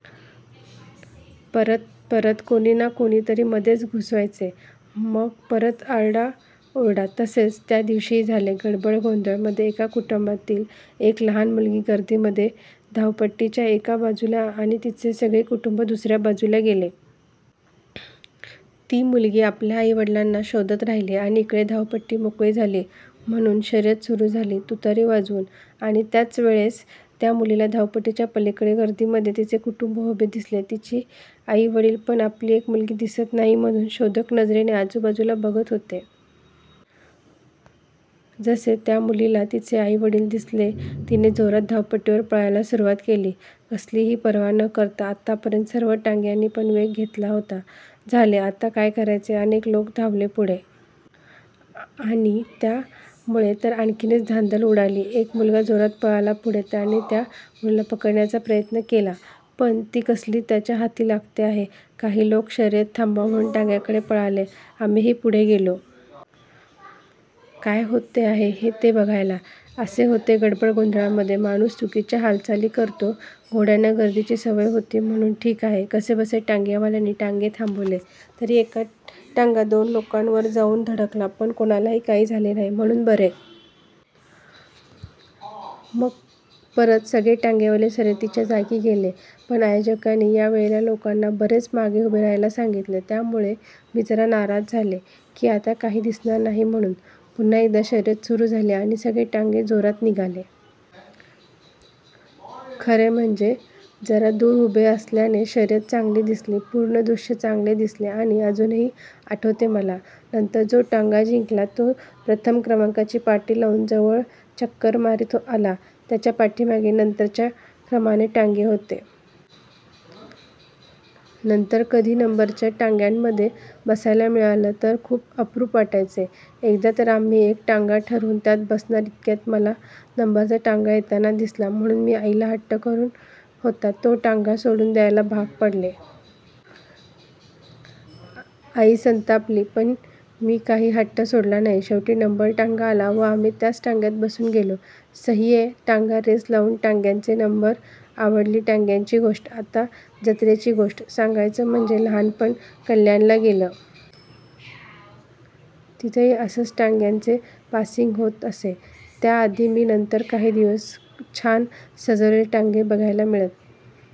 परत परत कोणी ना कोणी तरी मधेच घुसायचे मग परत आरडा ओरडा. तसेच त्या दिवशीही झाले. गडबड गोंधळा मध्ये एका कुटुंबातील एक लहान मुलगी गर्दी मध्ये धावपट्टी च्या एका बाजूला आणि तिचे सगळे कुटुंब दुसऱ्या बाजूला गेले. ती मुलगी आपल्या आई वडिलांना शोधात राहिली आणि इकडे धावपट्टी मोकळी झाली म्हणून शर्यंत सुरु झाली तुतारी वाजवून. आणि त्याच वेळेस त्या मुलीला धावपट्टीच्या पलीकडे गर्दी मध्ये तिचे कुटुंब उभे दिसले. तिचे आई वडील पण आपली एक मुलगी दिसत नाही म्हणून शोधक नजरेने आजूबाजूला बघत होते. जसे त्या मुलीला तिचे आईवडील दिसले तिने जोरात धावपट्टी वर पळायला सुरुवात केली कसलीही पर्वा न करता, आता पर्यंत सर्व टांग्यानी पण वेग घेतला होता. झाले. आता काय करायचे. अनेक लोकं धावले पुढे. आणि त्यामुळे तर आणिखीनच धांदल उडाली. एक मुलगा जोरात पळाला पुढे. त्याने त्या मुलीला पकडण्याचा प्रयत्न केला. पण ती कसली त्याच्या हाती लागते आहे. काही लोक शर्यत थांबवा म्हणून टांग्यांकडे पळाले. आम्हीहि पुढे गेलो. काय होते आहे ते बघायला. असे होते गडबड गोधळामध्ये. माणूस चुकीच्या हालचाली करतो. घोड्यांना गर्दीची सवय होती म्हणून ठीक झाले. कसेबसे टांग्या वाल्यांनी टांगे थांबविले. तरी एक टांगा दोन लोकांवर जाऊन धडकला पण कोणालाही काही झाले नाही म्हणून बरे. मग परत सगळे टांगेवाले शर्यतीच्या जागी गेले. पण आयोजकांनी या वेळेला लोकांना बरेच मागे उभे राहायला सांगितले. त्या मुळे मी जरा नाराज झाले कि आता काही दिसणार नाही म्हणून. पुन्हा एकदा शर्यत सुरु झाली आणि सगळे टांगे जोरात निघाले. खरे म्हणजे जरा दूर उभे असल्याने शर्यत चांगली दिसली. पूर्ण दृश्य चांगले दिसले आणि अजूनही आठवते मला. नंतर जो टांगा जिंकला तो प्रथम क्रमांकाची पाटी लावून जवळ चक्कर मारीत आला. त्याच्या पाठीमागे नंतरच्या क्रमाने टांगे होते. नंतर कधी नंबरच्या टांग्यामध्ये बसायला मिळालं तर खूप अप्रूप वाटायचे. एकदा तर आम्ही एक टांगा ठरवून त्यात बसणार इतक्यात मला नंबरचा टांगा येताना दिसला म्हणून मी आईला हट्ट करून होता तो टांगा सोडून द्यायला भाग पाडले. आई संतांपली पण मी काही हट्ट सोडला नाही. शेवटी नंबर टांगा आला व आम्ही त्याच टांग्यात बसून गेलो. सहिये टांगा रेस लावून टांग्यांचे नंबर.. आवडली टांग्याची गोष्ट, आता जत्रेची गोष्ट सांगमाझं लहानपण कल्याणला गेलं. तिथेही असंच टांग्यांचं पासिंग होत असे. त्याआधी आणि नंतर काही दिवस छान सजवलेले टांगे बघायला मिळत.